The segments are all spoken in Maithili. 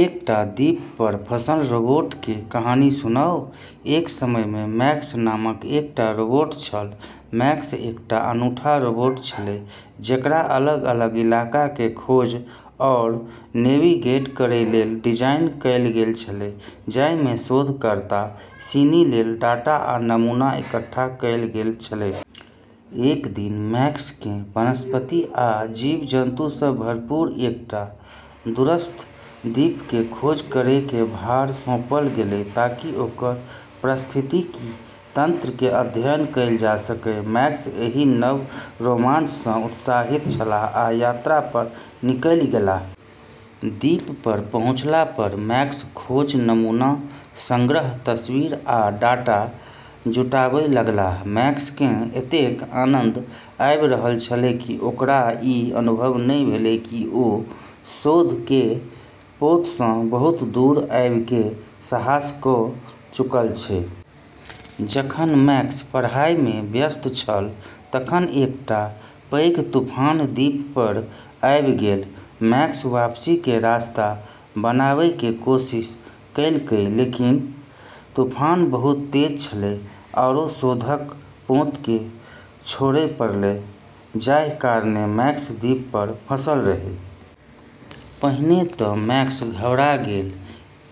एकटा द्वीप पर फँसल रोबोट के कहानी सुनाउ। एक समय में मैक्स नामक एकटा रोबोट छल। मैक्स एकटा अनूठा रोबोट छेलै, जेकरा अलग-अलग इलाका के खोज आरू नेविगेट करै लेल डिजाइन कयल गेल छलै, जाहिमे शोधकर्ता सिनी लेल डाटा आ नमूना इकट्ठा कयल गेल छलै। एक दिन मैक्स केँ वनस्पति आ जीव-जन्तु सँ भरपूर एकटा दूरस्थ द्वीप के खोज करै के भार सौंपल गेलै, ताकि ओकर पारिस्थितिकी तंत्र के अध्ययन कयल जा सकै। मैक्स एहि नव रोमांच सँ उत्साहित छलाह आ यात्रा पर निकलि गेलाह। द्वीप पर पहुँचला पर मैक्स खोज, नमूना संग्रह, तस्वीर, आ डाटा जुटाबय लगलाह। मैक्स केँ एतेक आनंद आबि रहल छलै कि ओकरा ई अनुभव नहि भेलै कि ओ शोध के पोत सँ बहुत दूर अबयके साहस क' चुकल छै। जखन मैक्स पढ़ाई में व्यस्त छल तखन एकटा पैघ तूफान द्वीप पर आबि गेल। मैक्स वापसी के रास्ता बनाबै के कोशिश कयलकै, लेकिन तूफान बहुत तेज छलै, आरो शोधक पोतकेँ छोड़य पड़लै, जाहि कारणे मैक्स द्वीप पर फंसल रहै। पहिने तऽ मैक्स घबरा गेल।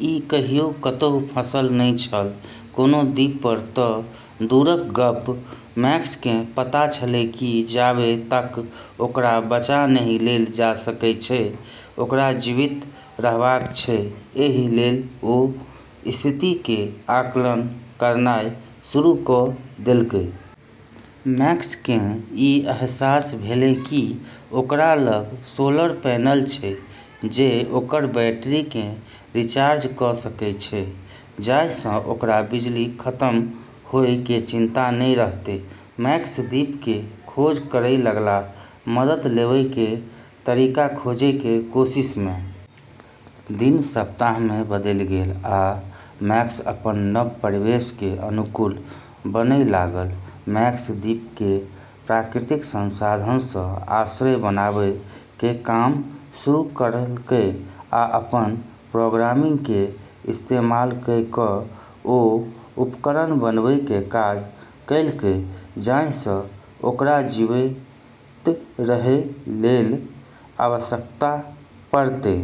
ई कहियो कतहु फँसल नहि छल, कोनो द्वीप पर तऽ दूरक गप्प। मैक्स केँ पता छलै कि जाबे तक ओकरा बचा नहि लेल जा सकै छै, ओकरा जीवित रहबाक छै, एहि लेल ओ स्थिति के आकलन करनाइ शुरू क' देलकै। मैक्स केँ ई अहसास भेलै कि ओकरा लग सोलर पैनल छै जे ओकर बैटरी केँ रिचार्ज क' सकै छै, जाहिसँ ओकरा बिजली खत्म होय के चिंता नै रहतै। मैक्स द्वीप के खोज करय लगलाह, मदद लेबय के तरीका खोजय के कोशिश में। दिन सप्ताह में बदलि गेल, आ मैक्स अपन नव परिवेश के अनुकूल बनय लागल। मैक्स द्वीप के प्राकृतिक संसाधन सँ आश्रय बनाबै के काम शुरू करलकै आ अपन प्रोग्रामिंग के इस्तेमाल कए कऽ ओ उपकरण बनबैके काज कयलकै जाहिसँ ओकरा जीवित रहै लेल आवश्यकता पड़तै।